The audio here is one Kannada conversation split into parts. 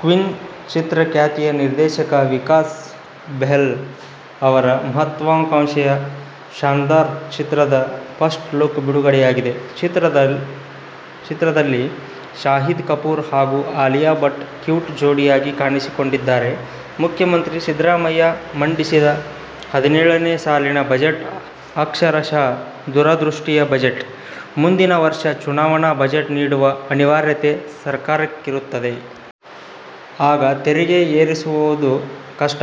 ಕ್ವೀನ್ ಚಿತ್ರ ಖ್ಯಾತಿಯ ನಿರ್ದೇಶಕ ವಿಕಾಸ್ ಬೆಹ್ಲ್ ಅವರ ಮಹತ್ವಾಕಾಂಕ್ಷೆಯ ಶಾನ್ದಾರ್ ಚಿತ್ರದ ಫಸ್ಟ್ ಲುಕ್ ಬಿಡುಗಡೆಯಾಗಿದೆ. ಚಿತ್ರದಲ್ಲಿ ಶಾಹಿದ್ ಕಪೂರ್ ಹಾಗೂ ಆಲಿಯಾ ಭಟ್ ಕ್ಯೂಟ್ ಜೋಡಿಯಾಗಿ ಕಾಣಿಸಿಕೊಂಡಿದ್ದಾರೆ. ಮುಖ್ಯಮಂತ್ರಿ ಸಿದ್ದರಾಮಯ್ಯ ಮಂಡಿಸಿದ ಹದಿನೇಳನೇ ಸಾಲಿನ ಬಜೆಟ್ ಅಕ್ಷರಶಃ ದೂರದೃಷ್ಟಿಯ ಬಜೆಟ್. ಮುಂದಿನ ವರ್ಷ ಚುನಾವಣಾ ಬಜೆಟ್ ನೀಡುವ ಅನಿವಾರ್ಯತೆ ಸರ್ಕಾರಕ್ಕಿರುತ್ತದೆ. ಆಗ ತೆರಿಗೆ ಏರಿಸುವುದು ಕಷ್ಟ.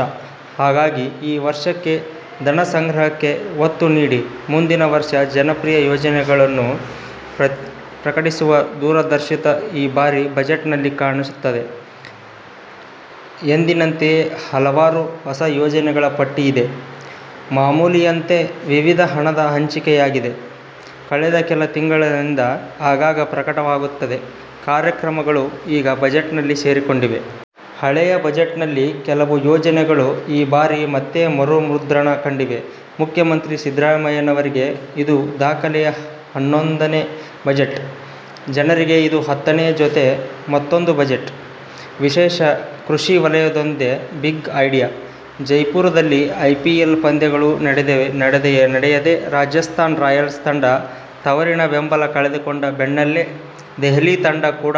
ಹಾಗಾಗಿ ಈ ವರ್ಷವೇ ಧನಸಂಗ್ರಹಕ್ಕೆ ಒತ್ತು ನೀಡಿ ಮುಂದಿನ ವರ್ಷ ಜನಪ್ರಿಯ ಯೋಜನೆಗಳನ್ನು ಪ್ರಕಟಿಸುವ ದೂರದರ್ಶಿತ್ವ ಈ ಬಾರಿಯ ಬಜೆಟ್‌ನಲ್ಲಿ ಕಾಣುತ್ತದೆ. ಎಂದಿನಂತೆಯೇ ಹಲವಾರು ಹೊಸ ಯೋಜನೆಗಳ ಪಟ್ಟಿಯಿದೆ. ಮಾಮೂಲಿಯಂತೆ ವಿವಿಧ ಹಣದ ಹಂಚಿಕೆಯಾಗಿದೆ. ಕಳೆದ ಕೆಲ ತಿಂಗಳುಗಳಿಂದ ಆಗಾಗ ಪ್ರಕಟವಾಗುತ್ತಿದ್ದ ಕಾರ್ಯಕ್ರಮಗಳು ಈಗ ಬಜೆಟ್‌ನಲ್ಲಿ ಸೇರಿಕೊಂಡಿವೆ. ಹಳೆಯ ಬಜೆಟ್‌ನಲ್ಲಿದ್ದ ಕೆಲವು ಯೋಜನೆಗಳು ಈ ಬಾರಿ ಮತ್ತೆ ಮರುಮುದ್ರಣ ಕಂಡಿವೆ. ಮುಖ್ಯಮಂತ್ರಿ ಸಿದ್ದರಾಮಯ್ಯನವರಿಗೆ ಇದು ದಾಖಲೆಯ ಹನ್ನೊಂದನೇ ಬಜೆಟ್. ಜನರಿಗೆ ಇದು ಹತ್ತನೆಯ ಜೊತೆ ಮತ್ತೊಂದು ಬಜೆಟ್. ವಿಶೇಷ ಕೃಷಿ ವಲಯವೊಂದೇ ಬಿಗ್ ಐಡಿಯಾ. ಜೈಪುರದಲ್ಲಿ ಐಪಿಎಲ್ ಪಂದ್ಯಗಳು ನಡೆಯದೇ ರಾಜಸ್ಥಾನ ರಾಯಲ್ಸ್ ತಂಡ ತವರಿನ ಬೆಂಬಲ ಕಳೆದುಕೊಂಡ ಬೆನ್ನಲ್ಲೇ ದೆಹಲಿ ತಂಡ ಕೂಡ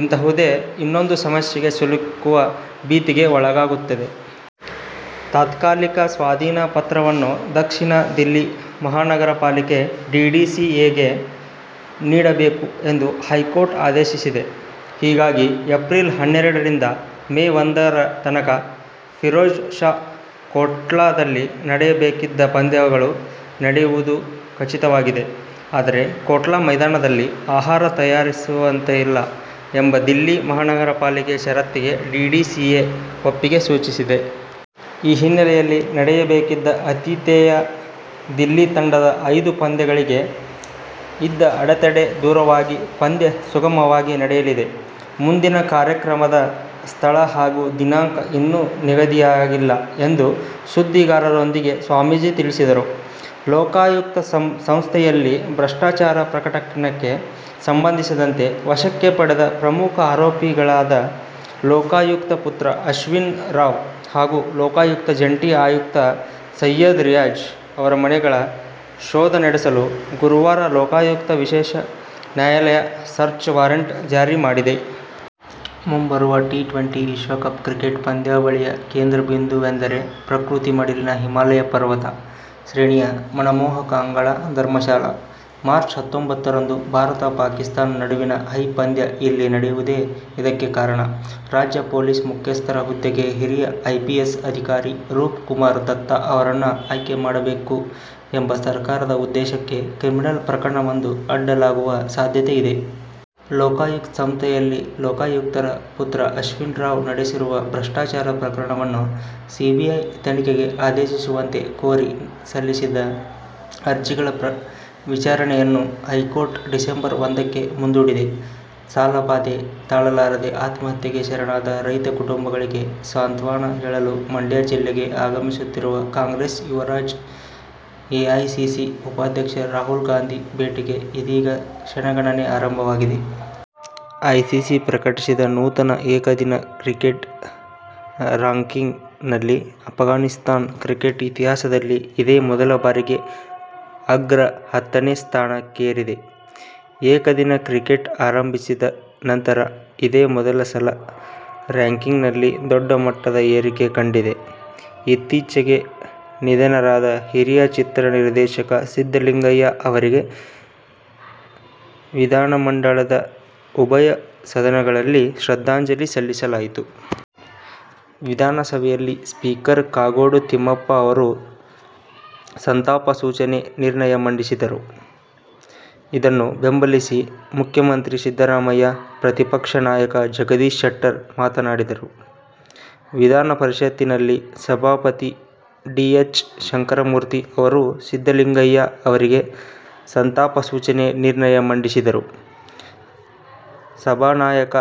ಇಂತಹುದೇ ಇನ್ನೊಂದು ಸಮಸ್ಯೆಗೆ ಸಿಲುಕುವ ಭೀತಿಗೆ ಒಳಗಾಗಿತ್ತು. ತಾತ್ಕಾಲಿಕ ಸ್ವಾಧೀನ ಪತ್ರವನ್ನು ದಕ್ಷಿಣ ದಿಲ್ಲಿ ಮಹಾನಗರ ಪಾಲಿಕೆ ಡಿಡಿಸಿಎಗೆ ನೀಡಬೇಕು ಎಂದು ಹೈಕೋರ್ಟ್ ಆದೇಶಿಸಿದೆ. ಹೀಗಾಗಿ ಏಪ್ರಿಲ್ ಹನ್ನೆರಡರಿಂದ ಮೇ ಒಂದರ ತನಕ ಫಿರೋಜ್ ಶಾ ಕೋಟ್ಲಾದಲ್ಲಿ ನಡೆಯಬೇಕಿದ್ದ ಪಂದ್ಯಗಳು ನಡೆಯುವುದು ಖಚಿತವಾಗಿದೆ. ಆದರೆ ಕೋಟ್ಲಾ ಮೈದಾನದಲ್ಲಿ ಆಹಾರ ತಯಾರಿಸುವಂತಿಲ್ಲ ಎಂಬ ದಿಲ್ಲಿ ಮಹಾನಗರ ಪಾಲಿಕೆ ಷರತ್ತಿಗೆ ಡಿಡಿಸಿಎ ಒಪ್ಪಿಗೆ ಸೂಚಿಸಿದೆ. ಈ ಹಿನ್ನೆಲೆಯಲ್ಲಿ ನಡೆಯಬೇಕಿದ್ದ ಆತಿಥೇಯ ದಿಲ್ಲಿ ತಂಡದ ಐದು ಪಂದ್ಯಗಳಿಗೆ ಇದ್ದ ಅಡೆತಡೆ ದೂರವಾಗಿ ಪಂದ್ಯ ಸುಗಮವಾಗಿ ನಡೆಯಲಿದೆ. ಮುಂದಿನ ಕಾರ್ಯಕ್ರಮದ ಸ್ಥಳ ಹಾಗೂ ದಿನಾಂಕ ಇನ್ನು ನಿಗದಿಯಾಗಿಲ್ಲ ಎಂದು ಸುದ್ದಿಗಾರರೊಂದಿಗೆ ಸ್ವಾಮೀಜಿ ತಿಳಿಸಿದರು. ಲೋಕಾಯುಕ್ತ ಸಂಸ್ಥೆಯಲ್ಲಿನ ಭ್ರಷ್ಟಾಚಾರ ಪ್ರಕರಣಕ್ಕೆ ಸಂಬಂಧಿಸಿದಂತೆ ವಶಕ್ಕೆ ಪಡೆದ ಪ್ರಮುಖ ಆರೋಪಿಗಳಾದ ಲೋಕಾಯುಕ್ತರ ಪುತ್ರ ಅಶ್ವಿನ್ ರಾವ್ ಹಾಗೂ ಲೋಕಾಯುಕ್ತ ಜಂಟಿ ಆಯುಕ್ತ ಸಯ್ಯದ್ ರಿಯಾಜ್ ಅವರ ಮನೆಗಳ ಶೋಧ ನಡೆಸಲು ಗುರುವಾರ ಲೋಕಾಯುಕ್ತ ವಿಶೇಷ ನ್ಯಾಯಾಲಯ ಸರ್ಚ್ ವಾರಂಟ್ ಜಾರಿಮಾಡಿದೆ. ಮುಂಬರುವ ಟಿ ಟ್ವೆಂಟಿ ವಿಶ್ವಕಪ್ ಕ್ರಿಕೆಟ್ ಪಂದ್ಯಾವಳಿಯ ಕೇಂದ್ರಬಿಂದುವೆಂದರೆ ಪ್ರಕೃತಿ ಮಡಿಲಿನ ಹಿಮಾಲಯ ಪರ್ವತ ಶ್ರೇಣಿಯ ಮನಮೋಹಕ ಅಂಗಳ ಧರ್ಮಶಾಲಾ. ಮಾರ್ಚ್ ಹತ್ತೊಂಬತ್ತರಂದು ಭಾರತ ಪಾಕಿಸ್ತಾನ ನಡುವಿನ ಹೈ ಪಂದ್ಯ ಇಲ್ಲಿ ನಡೆಯುವುದೇ ಇದಕ್ಕೆ ಕಾರಣ. ರಾಜ್ಯ ಪೊಲೀಸ್ ಮುಖ್ಯಸ್ಥರ ಹುದ್ದೆಗೆ ಹಿರಿಯ ಐಪಿಎಸ್ ಅಧಿಕಾರಿ ರೂಪ್ ಕುಮಾರ್ ದತ್ತಾ ಅವರನ್ನು ಆಯ್ಕೆ ಮಾಡಬೇಕು ಎಂಬ ಸರ್ಕಾರದ ಉದ್ದೇಶಕ್ಕೆ ಕ್ರಿಮಿನಲ್ ಪ್ರಕರಣವೊಂದು ಅಡ್ಡಗಾಲಾಗುವ ಸಾಧ್ಯತೆ ಇದೆ. ಲೋಕಾಯುಕ್ತ ಸಂಸ್ಥೆಯಲ್ಲಿ ಲೋಕಾಯುಕ್ತರ ಪುತ್ರ ಅಶ್ವಿನ್ ರಾವ್ ನಡೆಸಿರುವ ಭ್ರಷ್ಟಾಚಾರ ಪ್ರಕರಣವನ್ನು ಸಿಬಿಐ ತನಿಖೆಗೆ ಆದೇಶಿಸುವಂತೆ ಕೋರಿ ಸಲ್ಲಿಸಿದ್ದ ಅರ್ಜಿಗಳ ವಿಚಾರಣೆಯನ್ನು ಹೈಕೋರ್ಟ್ ಡಿಸೆಂಬರ್ ಒಂದಕ್ಕೆ ಮುಂದೂಡಿದೆ. ಸಾಲಬಾಧೆ ತಾಳಲಾರದೆ ಆತ್ಮಹತ್ಯೆಗೆ ಶರಣಾದ ರೈತ ಕುಟುಂಬಗಳಿಗೆ ಸಾಂತ್ವನ ಹೇಳಲು ಮಂಡ್ಯ ಜಿಲ್ಲೆಗೆ ಆಗಮಿಸುತ್ತಿರುವ ಕಾಂಗ್ರೆಸ್ ಯುವರಾಜ ಎಐಸಿಸಿ ಉಪಾಧ್ಯಕ್ಷ ರಾಹುಲ್ ಗಾಂಧಿ ಭೇಟಿಗೆ ಇದೀಗ ಕ್ಷಣಗಣನೆ ಆರಂಭವಾಗಿದೆ. ಐಸಿಸಿ ಪ್ರಕಟಿಸಿದ ನೂತನ ಏಕದಿನ ಕ್ರಿಕೆಟ್ ರಾಂಕಿಂಗ್‌ನಲ್ಲಿ ಆಫ್ಘಾನಿಸ್ತಾನ ಕ್ರಿಕೆಟ್ ಇತಿಹಾಸದಲ್ಲಿ ಇದೇ ಮೊದಲ ಬಾರಿಗೆ ಅಗ್ರ ಹತ್ತನೇ ಸ್ಥಾನಕ್ಕೇರಿದೆ. ಏಕದಿನ ಕ್ರಿಕೆಟ್ ಆರಂಭಿಸಿದ ನಂತರ ಇದೇ ಮೊದಲ ಸಲ ರಾಂಕಿಂಗ್‌ನಲ್ಲಿ ದೊಡ್ಡ ಮಟ್ಟದ ಏರಿಕೆ ಕಂಡಿದೆ. ಇತ್ತೀಚೆಗೆ ನಿಧನರಾದ ಹಿರಿಯ ಚಿತ್ರ ನಿರ್ದೇಶಕ ಸಿದ್ದಲಿಂಗಯ್ಯ ಅವರಿಗೆ ವಿಧಾನಮಂಡಲದ ಉಭಯ ಸದನಗಳಲ್ಲಿ ಶ್ರದ್ಧಾಂಜಲಿ ಸಲ್ಲಿಸಲಾಯಿತು. ವಿಧಾನಸಭೆಯಲ್ಲಿ ಸ್ಪೀಕರ್ ಕಾಗೋಡು ತಿಮ್ಮಪ್ಪ ಅವರು ಸಂತಾಪ ಸೂಚನೆ ನಿರ್ಣಯ ಮಂಡಿಸಿದರು. ಇದನ್ನು ಬೆಂಬಲಿಸಿ ಮುಖ್ಯಮಂತ್ರಿ ಸಿದ್ದರಾಮಯ್ಯ ಪ್ರತಿಪಕ್ಷ ನಾಯಕ ಜಗದೀಶ್ ಶೆಟ್ಟರ್ ಮಾತನಾಡಿದರು. ವಿಧಾನ ಪರಿಷತ್ತಿನಲ್ಲಿ ಸಭಾಪತಿ ಡಿ ಎಚ್ ಶಂಕರಮೂರ್ತಿ ಅವರು ಸಿದ್ದಲಿಂಗಯ್ಯ ಅವರಿಗೆ ಸಂತಾಪ ಸೂಚನೆ ನಿರ್ಣಯ ಮಂಡಿಸಿದರು. ಸಭಾನಾಯಕ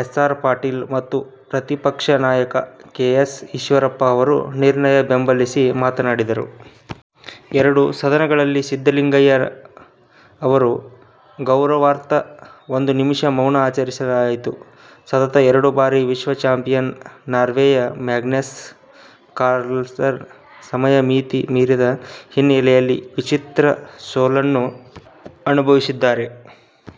ಎಸ್ ಆರ್ ಪಾಟೀಲ್ ಮತ್ತು ಪ್ರತಿಪಕ್ಷ ನಾಯಕ ಕೆ ಎಸ್ ಈಶ್ವರಪ್ಪ ಅವರು ನಿರ್ಣಯ ಬೆಂಬಲಿಸಿ ಮಾತನಾಡಿದರು. ಎರಡೂ ಸದನಗಳಲ್ಲಿ ಸಿದ್ದಲಿಂಗಯ್ಯ ಅವರ ಗೌರವಾರ್ಥ ಒಂದು ನಿಮಿಷ ಮೌನ ಆಚರಿಸಲಾಯಿತು. ಸತತ ಎರಡು ಬಾರಿ ವಿಶ್ವ ಚಾಂಪಿಯನ್ ನಾರ್ವೆಯ ಮ್ಯಾಗ್ನಸ್ ಕಾರ್ಲ್ಸನ್ ಸಮಯ ಮಿತಿ ಮೀರಿದ ಹಿನ್ನೆಲೆಯಲ್ಲಿ ವಿಚಿತ್ರ ಸೋಲನ್ನನುಭವಿಸಿದ್ದಾರೆ.